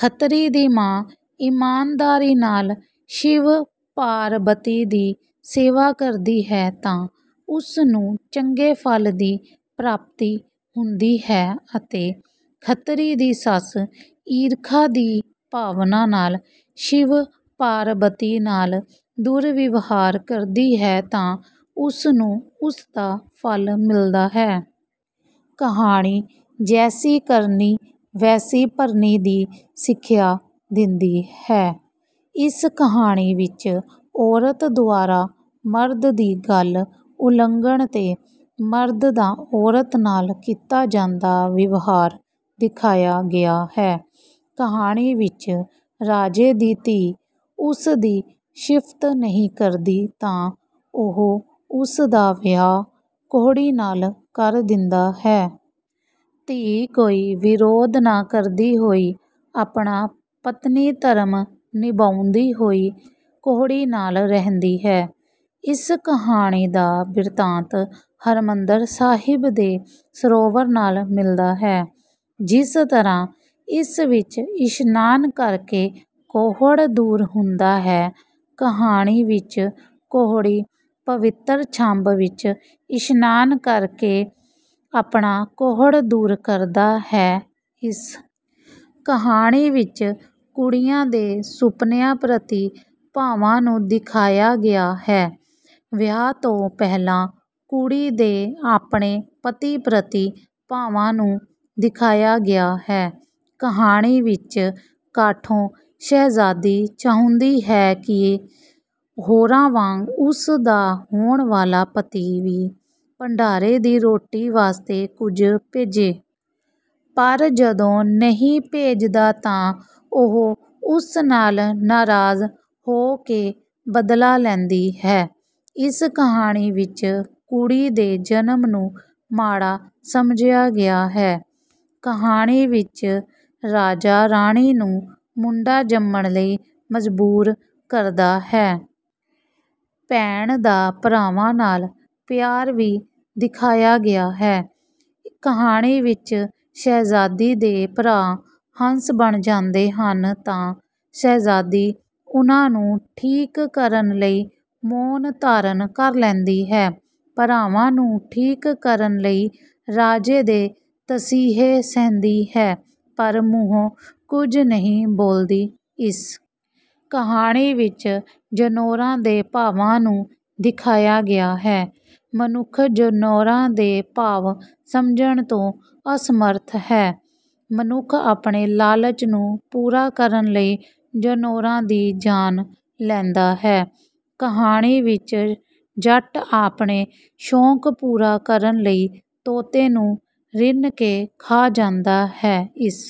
ਖੱਤਰੀ ਦੀ ਮਾਂ ਈਮਾਨਦਾਰੀ ਨਾਲ ਸ਼ਿਵ-ਪਾਰਬਤੀ ਦੀ ਸੇਵਾ ਕਰਦੀ ਹੈ ਤਾਂ ਉਸ ਨੂੰ ਚੰਗੇ ਫਲ ਦੀ ਪ੍ਰਾਪਤੀ ਹੁੰਦੀ ਹੈ ਅਤੇ ਖੱਤਰੀ ਦੀ ਸੱਸ ਈਰਖਾ ਦੀ ਭਾਵਨਾ ਨਾਲ ਸ਼ਿਵ-ਪਾਰਬਤੀ ਨਾਲ ਦੁਰਵਿਵਹਾਰ ਕਰਦੀ ਹੈ ਤਾਂ ਉਸ ਨੂੰ ਉਸ ਦਾ ਫਲ ਮਿਲਦਾ ਹੈ। ਕਹਾਣੀ ‘ਜੈਸੀ ਕਰਨੀ, ਵੈਸੀ ਭਰਨੀ’ ਦੀ ਸਿੱਖਿਆ ਦਿੰਦੀ ਹੈ। ਇਸ ਕਹਾਣੀ ਵਿਚ ਔਰਤ ਦੁਆਰਾ ਮਰਦ ਦੀ ਗੱਲ ਉਲੰਘਣ ’ਤੇ ਮਰਦ ਦਾ ਔਰਤ ਨਾਲ ਕੀਤਾ ਜਾਂਦਾ ਵਿਵਹਾਰ ਦਿਖਾਇਆ ਗਿਆ ਹੈ। ਕਹਾਣੀ ਵਿੱਚ ਰਾਜੇ ਦੀ ਧੀ ਉਸਦੀ ਸ਼ਿਫ਼ਤ ਨਹੀਂ ਕਰਦੀ ਤਾਂ ਉਹ ਉਸਦਾ ਵਿਆਹ ਕੋਹੜੀ ਨਾਲ ਕਰ ਦਿੰਦਾ ਹੈ। ਧੀ ਕੋਈ ਵਿਰੋਧ ਨਾ ਕਰਦੀ ਹੋਈ, ਆਪਣਾ ਪਤਨੀ-ਧਰਮ ਨਿਭਾਉਂਦੀ ਹੋਈ ਕੋਹੜੀ ਨਾਲ ਰਹਿੰਦੀ ਹੈ। ਇਸ ਕਹਾਣੀ ਦਾ ਬਿਰਤਾਂਤ ਹਰਿਮੰਦਰ ਸਾਹਿਬ ਦੇ ਸਰੋਵਰ ਨਾਲ ਮਿਲਦਾ ਹੈ। ਜਿਸ ਤਰ੍ਹਾਂ ਇਸ ਵਿੱਚ ਇਸ਼ਨਾਨ ਕਰਕੇ ਕੋਹੜ ਦੂਰ ਹੁੰਦਾ ਹੈ, ਕਹਾਣੀ ਵਿਚ ਕੋਹੜੀ ਪਵਿੱਤਰ ਛੰਬ ਵਿਚ ਇਸ਼ਨਾਨ ਕਰਕੇ ਆਪਣਾ ਕੋਹੜ ਦੂਰ ਕਰਦਾ ਹੈ। ਇਸ ਕਹਾਣੀ ਵਿਚ ਕੁੜੀਆਂ ਦੇ ਸੁਪਨਿਆਂ ਪ੍ਰਤੀ ਭਾਵਾਂ ਨੂੰ ਦਿਖਾਇਆ ਗਿਆ ਹੈ। ਵਿਆਹ ਤੋਂ ਪਹਿਲਾਂ ਕੁੜੀ ਦੇ ਆਪਣੇ ਪਤੀ ਪ੍ਰਤੀ ਭਾਵਾਂ ਨੂੰ ਦਿਖਾਇਆ ਗਿਆ ਹੈ। ਕਹਾਣੀ ਵਿੱਚ ਕਾਠੋ ਸ਼ਹਿਜ਼ਾਦੀ ਚਾਹੁੰਦੀ ਹੈ ਕਿ ਹੋਰਾਂ ਵਾਂਗ ਉਸਦਾ ਹੋਣ ਵਾਲਾ ਪਤੀ ਵੀ ਭੰਡਾਰੇ ਦੀ ਰੋਟੀ ਵਾਸਤੇ ਕੁਝ ਭੇਜੇ। ਪਰ ਜਦੋਂ ਨਹੀਂ ਭੇਜਦਾ ਤਾਂ ਉਹ ਉਸ ਨਾਲ ਨਾਰਾਜ਼ ਹੋ ਕੇ ਬਦਲਾ ਲੈਂਦੀ ਹੈ। ਇਸ ਕਹਾਣੀ ਵਿਚ ਕੁੜੀ ਦੇ ਜਨਮ ਨੂੰ ਮਾੜਾ ਸਮਝਿਆ ਗਿਆ ਹੈ। ਕਹਾਣੀ ਵਿੱਚ ਰਾਜਾ ਰਾਣੀ ਨੂੰ ਮੁੰਡਾ ਜੰਮਣ ਲਈ ਮਜ਼ਬੂਰ ਕਰਦਾ ਹੈ। ਭੈਣ ਦਾ ਭਰਾਵਾਂ ਨਾਲ ਪਿਆਰ ਵੀ ਦਿਖਾਇਆ ਗਿਆ ਹੈ। ਕਹਾਣੀ ਵਿੱਚ ਸ਼ਹਿਜ਼ਾਦੀ ਦੇ ਭਰਾ ਹੰਸ ਬਣ ਜਾਂਦੇ ਹਨ ਤਾਂ ਸ਼ਹਿਜ਼ਾਦੀ ਉਨ੍ਹਾਂ ਨੂੰ ਠੀਕ ਕਰਨ ਲਈ ਮੌਨ ਧਾਰਨ ਕਰ ਲੈਂਦੀ ਹੈ। ਭਰਾਵਾਂ ਨੂੰ ਠੀਕ ਕਰਨ ਲਈ ਰਾਜੇ ਦੇ ਤਸੀਹੇ ਸਹਿੰਦੀ ਹੈ, ਪਰ ਮੂੰਹੋਂ ਕੁਝ ਨਹੀਂ ਬੋਲਦੀ। ਇਸ ਕਹਾਣੀ ਵਿਚ ਜਨੌਰਾਂ ਦੇ ਭਾਵਾਂ ਨੂੰ ਦਿਖਾਇਆ ਗਿਆ ਹੈ। ਮਨੁੱਖ ਜਨੌਰਾਂ ਦੇ ਭਾਵ ਸਮਝਣ ਤੋਂ ਅਸਮਰਥ ਹੈ। ਮਨੁੱਖ ਆਪਣੇ ਲਾਲਚ ਨੂੰ ਪੂਰਾ ਕਰਨ ਲਈ ਜਨੌਰਾਂ ਦੀ ਜਾਨ ਲੈਂਦਾ ਹੈ। ਕਹਾਣੀ ਵਿੱਚ ਜੱਟ ਆਪਣੇ ਸ਼ੌਕ ਪੂਰਾ ਕਰਨ ਲਈ ਤੋਤੇ ਨੂੰ ਰਿੰਨ੍ਹ ਕੇ ਖਾ ਜਾਂਦਾ ਹੈ। ਇਸ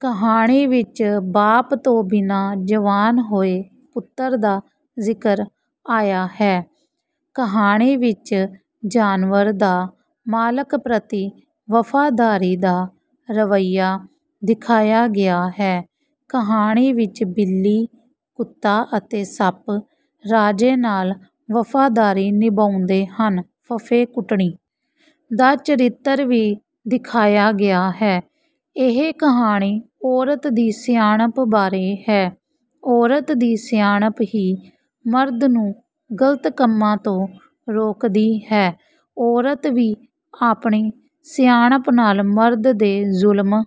ਕਹਾਣੀ ਵਿਚ ਬਾਪ ਤੋਂ ਬਿਨਾਂ ਜਵਾਨ ਹੋਏ ਪੁੱਤਰ ਦਾ ਜ਼ਿਕਰ ਆਇਆ ਹੈ। ਕਹਾਣੀ ਵਿੱਚ ਜਾਨਵਰ ਦਾ ਮਾਲਕ ਪ੍ਰਤੀ ਵਫ਼ਾਦਾਰੀ ਦਾ ਰਵੱਈਆ ਦਿਖਾਇਆ ਗਿਆ ਹੈ। ਕਹਾਣੀ ਵਿਚ ਬਿੱਲੀ, ਕੁੱਤਾ ਅਤੇ ਸੱਪ ਰਾਜੇ ਨਾਲ ਵਫ਼ਾਦਾਰੀ ਨਿਭਾਉਂਦੇ ਹਨ। ਫੁੱਫੇਕੁਟਣੀ ਦਾ ਚਰਿੱਤਰ ਵੀ ਦਿਖਾਇਆ ਗਿਆ ਹੈ। ਇਹ ਕਹਾਣੀ ਔਰਤ ਦੀ ਸਿਆਣਪ ਬਾਰੇ ਹੈ। ਔਰਤ ਦੀ ਸਿਆਣਪ ਹੀ ਮਰਦ ਨੂੰ ਗਲਤ ਕੰਮਾਂ ਤੋਂ ਰੋਕਦੀ ਹੈ। ਔਰਤ ਵੀ ਆਪਣੀ ਸਿਆਣਪ ਨਾਲ ਮਰਦ ਦੇ ਜ਼ੁਲਮ...